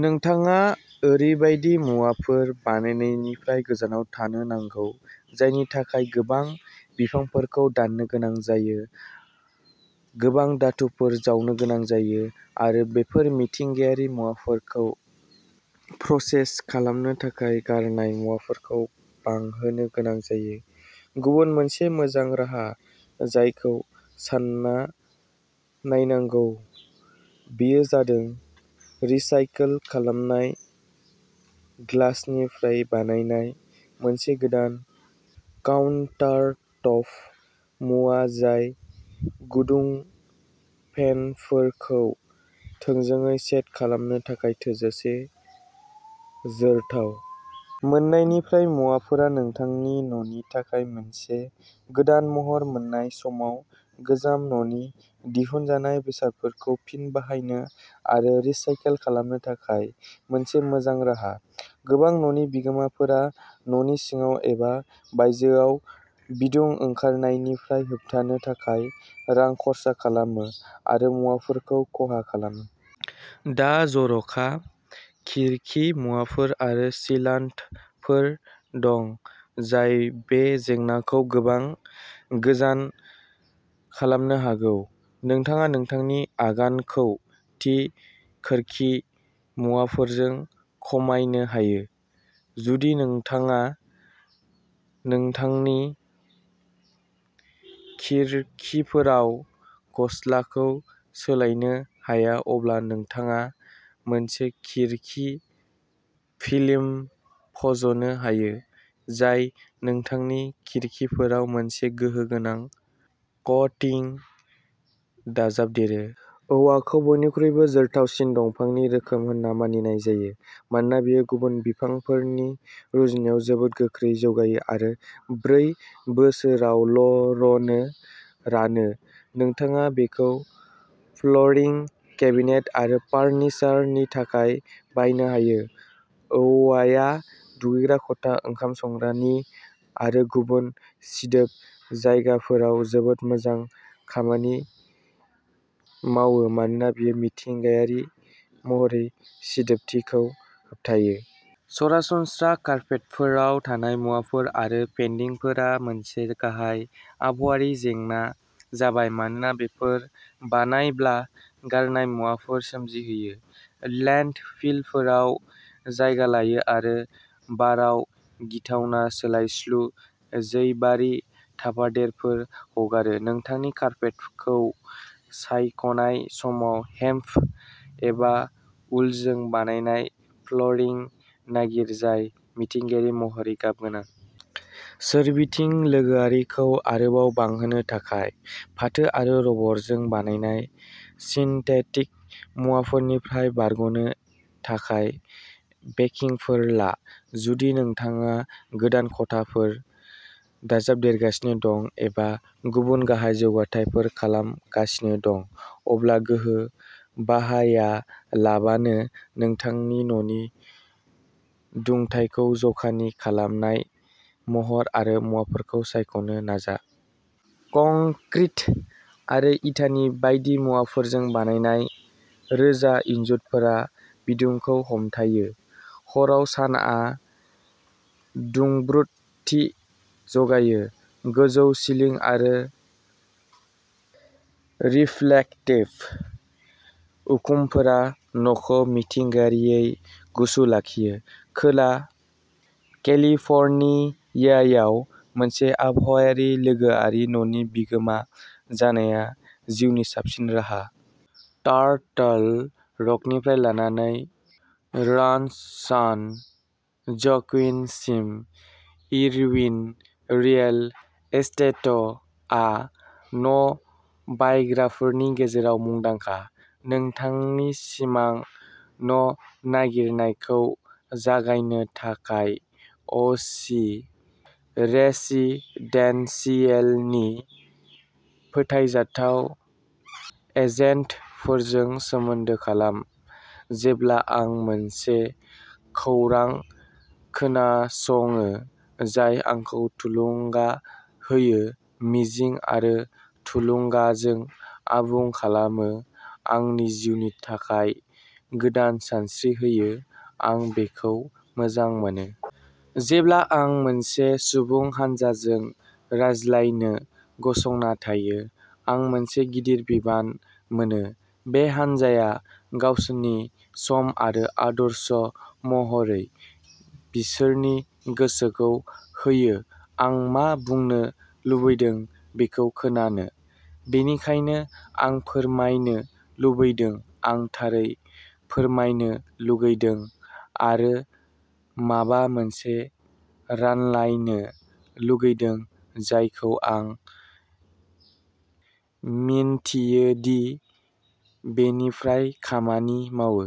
नोंथाङा ओरैबायदि मुवाफोर बायनायनिफ्राय गोजानाव थानो नांगौ जायनि थाखाय गोबां बिफांफोरखौ दाननो गोनां जायो गोबां धातुफोर जावनो गोनां जायो, आरो बेफोर मिथिंगायारि मुवाफोरखौ प्रसेस खालामनो थाखाय गारनाय मुवाफोरखौ बांहोनो गोनां जायो। गुबुन मोनसे मोजां राहा जायखौ सानना नायनांगौ, बेयो जादों रिसाइकेल खालामनाय ग्लासनिफ्राय बानायनाय मोनसे गोदान काउन्टारटप मुवा जाय गुदुं पेनफोरखौ थोंजोङै सेट खालामनो थाखाय थोजासे जोरथाव। मोनफिन्नाय मुवाफोरा नोंथांनि न'नि थाखाय मोनसे गोदान महर मोन्नाय समाव गोजाम न'नि दिहुनजानाय बेसादफोरखौ फिन बाहायनो आरो रिसाइकेल खालामनो थाखाय मोनसे मोजां राहा। गोबां न'नि बिगोमाफोरा न'नि सिङाव एबा बायजोआव बिदुं ओंखारनायनिफ्राय होबथानो थाखाय रां खरसा खालामो आरो मुवाफोरखौ खहा खालामो। दा जर'खा खिरखि मुवाफोर आरो सिलान्टफोर दं, जाय बे जेंनाखौ गोबां गोजान खालामनो हागौ। नोंथाङा नोंथांनि आगानखौ थि खोरखि मुवाफोरजों खमायनो हायो। जुदि नोंथाङा नोंथांनि खिरखिफोराव गस्लाखौ सोलायनो हाया अब्ला नोंथाङा मोनसे खिरखि फिल्म फज'नो हायो, जाय नोंथांनि खिरखिफोराव मोनसे गोहो गोनां क'टिं दाजाबदेरो। औवाखौ बयनिख्रुइबो जोरथावसिन दंफांनि रोखोम होनना मानिनाय जायो मानोना बेयो गुबुन बिफांफोरनि रुजुनायाव जोबोद गोख्रै जौगायो आरो ब्रै बोसोरावल'रनो रानो। नोंथाङा बेखौ फ्ल'रिं, केबिनेट आरो फार्निचारनि थाखाय बाहायनो हायो। औवाया दुगैग्रा खथा, ओंखाम संग्रानि आरो गुबुन सिदोब जायगाफोराव जोबोद मोजां खामानि मावो मानोना बेयो मिथिंगायारि महरै सिदोबथिखौ होबथायो। सरासनस्रा कार्पेटफोराव थानाय मुवाफोर आरो पेदिंफोरा मोनसे गाहाय आबहावायारि जेंना जाबाय मानोना बेफोर बानायब्ला गारनाय मुवाफोर सोमजिहोयो, लेन्डफिलफोराव जायगा लायो आरो बाराव गिथावना सोलायस्लु जैबारि थाफादेरफोर हगारो। नोंथांनि कार्पेटखौ सायख'नाय समाव, हेम्प एबा उलजों बानायनाय फ्ल'रिं नागिर जाय मिथिंगायारि महरै गाब गोनां। सोरबिथिं लोगोआरिखौ आरोबाव बांहोनो थाखाय, फाथो आरो रबरजों बानायनाय सिन्थेटिक मुवाफोरनिफ्राय बारग'नो थाखाय बेकिंफोर ला। जुदि नोंथाङा गोदान खथाफोर दाजाबदेरगासिनो दं एबा गुबुन गाहाय जौगाथायफोर खालामगासिनो दं, अब्ला गोहो बाहायालाबानो नोंथांनि न'नि दुंथायखौ जखानि खालामनाय महर आरो मुवाफोरखौ सायख'नो नाजा। कंक्रिट आरो इटानि बायदि मुवाफोरजों बानायनाय रोजा इनजुरफोरा बिदुंखौ हमथायो। हराव सानआ दुंब्रुदथि जगायो। गोजौ सिलिं आरो रिफ्लेक्टिभ उखुमफोरा न'खौ मिथिंगायारियै गुसु लाखियो। खोला केलिफर्नियायाव मोनसे आबहावायारि लोगोआरि न'नि बिगोमा जानाया जिउनि साबसिन राहा। टार्टल रकनिफ्राय लानानै रान्च'सान ज'क्विनसिम, इरविन रियेल एस्टेटआ न'बायग्राफोरनि गेजेराव मुंदांखा। नोंथांनि सिमां न'नागिरनायखौ जागायनो थाखाय अ चि रेसिडेन्सियेलनि फोथायजाथाव एजेन्टफोरजों सोमोन्दो खालाम। जेब्ला आं मोनसे खौरां खोनासङो जाय आंखौ थुलुंगा होयो मिजिं आरो थुलुंगाजों आबुं खालामो आंनि जिउनि थाखाय गोदान सानस्रि होयो, आं बेखौ मोजां मोनो! जेब्ला आं मोनसे सुबुं हानजाजों रायज्लायनो गसंना थायो, आं मोनसे गिदिर बिबान मोनो। बे हानजाया गावसोरनि सम आरो आदर्श महरै बिसोरनि गोसोखौ होयो आं मा बुंनो लुबैदों बेखौ खोनानो। बेनिखायनो आं फोरमायनो लुबैदों आं थारै फोरमायनो लुगैदों आरो माबा मोनसे रानलायनो लुगैदों जायखौ आं मिन्थियो दि बेनिफ्राय खामानि मावो।